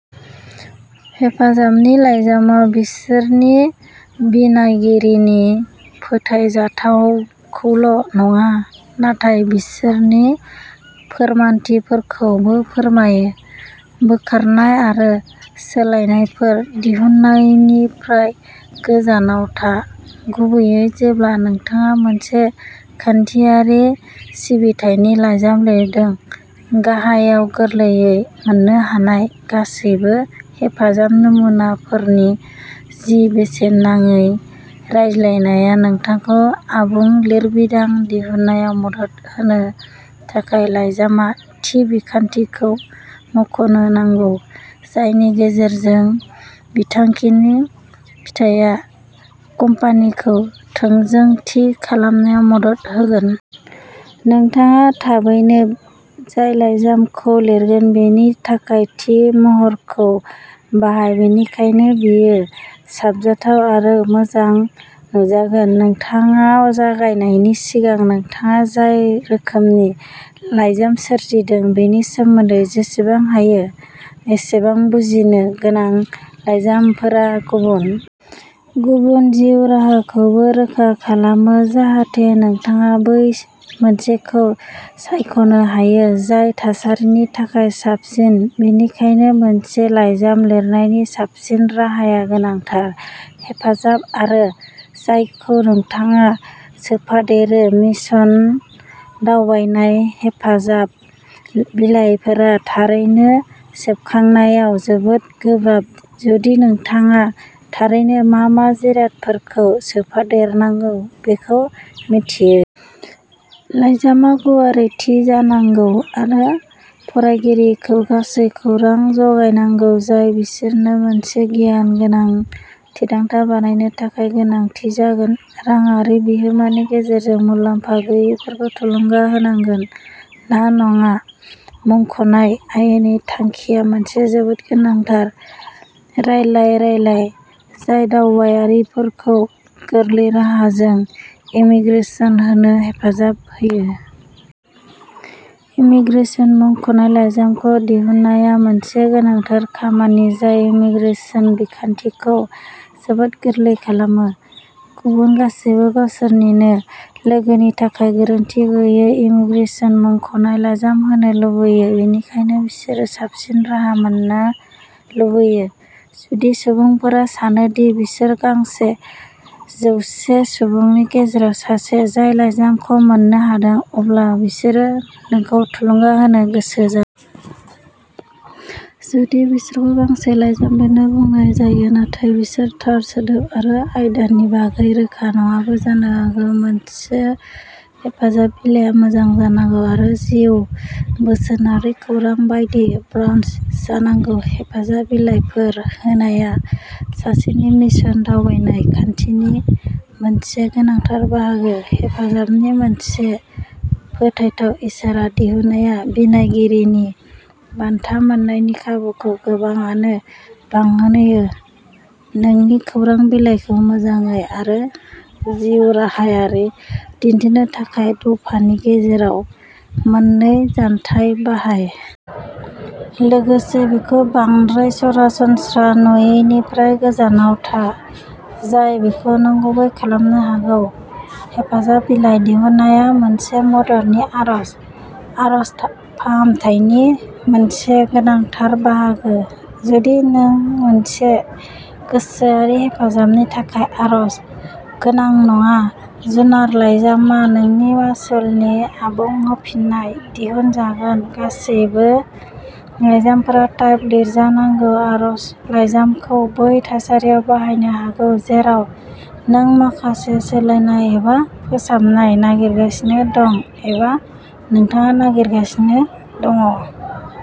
हेफाजाबनि लाइजामआ बिसोरनि बिनायगिरिनि फोथायजाथावखौल' नङा नाथाय बिसोरनि फोरमानथिफोरखौबो फोरमायो बोखारनाय आरो सोलायनायफोर दिहुननायनिफ्राय गोजानाव था गुबैयै जेब्ला नोंथाङा मोनसे खान्थियारि सिबिथायनि लाइजाम लिरदों गाहायाव गोरलैयै मोन्नो हानाय गासैबो हेफाजाब नमुनाफोरनि जि बेसेन नाङि रायलायनाया नोंथांखौ आबुं लिरबिदां दिहुननायाव मदद होनो थाखाय लाइजामआ थि बिखान्थिखौ मख'नो नांगौ जायनि गेजेरजों बिथांखिनि फिथाया कम्पानिखौ थोंजों थि खालामनायाव मदद होगोन। नोंथाङा थाबैनो जाय लाइजामखौ लिरगोन बेनि थाखाय थि महरखौ बाहाय बेनिखायनो बेयो साबजाथाव आरो मोजां नुजागोन नोंथाङा जागायनायनि सिगां नोंथाङा जाय रोखोमनि लाइजाम सोरजिदों बेनि सोमोन्दै जेसेबां हायो एसेबां बुजिनो गोनां लाइजामफोरा गुबुन गुबुन जिउ राहाखौबो रोखा खालामो जाहाथे नोंथाङा बै मोनसेखौ सायख'नो हायो जाय थासारिनि थाखाय साबसिन बेनिखायनो मोनसे लाइजाम लिरनायनि साबसिन राहाया गोनांथार हेफाजाब आरो जायखौ नोंथाङा सोफादेरो मिशन दावबायनाय हेफाजाब बिलायफोरा थारैनो सेबखांनायाव जोबोद गोब्राब जुदि नोंथाङा थारैनो मा मा जिरादफोरखौ सोफादेरनांगौ बेखौ मिन्थियो। लाइजामआ गुवारै थि जानांगौ आरो फरायगिरिखौ गासै खौरां जगायनांगौ जाय बिसोरनो मोनसे गियान गोनां थिरांथा बानायनो थाखाय गोनांथि जागोन रांआरि बिहोमानि गेजेरजों मुलाम्फा गैयैफोरखौ थुलुंगा होनांगौ ना नाङा मुंख'नाय आयेननि थांखिआ मोनसे जोबोद गोनांथार रायलाय रायलाय जाय दावबायारिफोरखौ गोरलै राहाजों इमीग्रेसन मोननो हेफाजाब होयो। इमीग्रेसन मुंख'नाय लाइजामखौ दिहुननाया मोनसे गोनांथार खामानि जाय इमीग्रेसन बिखान्थिखौ जोबोद गोरलै खालामो। गुबुन गासैबो गावसोरनिनो लोगोनि थाखाय गोरोन्थि गैयै इमीग्रेसन मुंख'नाय लाइजाम होनो लुबैयो बेनिखायनो बिसोरो साबसिन राहा मोन्ना लुबैयो। जुदि सुबुंफोरा सानो दि बिसोर गांसे जौसे सुबुंनि गेजेराव सासे जाय लाइजामखौ मोन्नो हादों अब्ला बिसोरो नोंखौ थुलुंगा होनो गोसो जा। जुदि बिसोरखौ गांसे लाइजाम लिरनो बुंनाय जायो नाथाय बिसोर थार सोदोब आरो आयदानि बागै रोखा नङाबो जानो हागौ। मोनसे हेफाजाब बिलायआ मोजां जानांगौ आरो जिउ बोसोनारि खौरां बायदि ब्रावस जानांगौ हेफाजाब बिलायफोर होनाया सासेनि मिशन दावबायनाय खान्थिनि मोनसे गोनांथार बाहागो हेफाजाबनि मोनसे फोथायथाव इसारा दिहुननाया बिनायगिरिनि बान्था मोन्नायनि खाबुखौ गोबाङानो बांहोयो नोंनि खौरां बिलाइखौ मोजाङै आरो जिउराहायारि दिन्थिनो थाखाय दफानि गेजेराव मोननै जानथाय बाहाय। लोगोसे बेखौ बांद्राय सरासनस्रा नुयिनिफ्राय गोजानाव था, जाय बेखौ नंगुबै खालामनो हागौ। हेफाजाब बिलाइ दिहुननाया मोनसे मददनि आर'ज आर'ज फाहामथायनि मोनसे गोनांथार बाहागो जुदि नों मोनसे गोसोआरि हेफाजाबनि थाखाय आर'ज गोनां नङा जुनार लाइजामआ नोंनि मासुलनि आबुं होफिन्नाय दिहुनजागोन गासैबो लाइजामफोरा टाइप लिरजानांगौ आर'ज लायजामखौ बै थासारियाव बाहायनो हागौ जेराव नों माखासे सोलायनाय एबा फोसाबनाय नागिरगासिनो दं एबा नोंथाङा नागिरगासिनो दङ।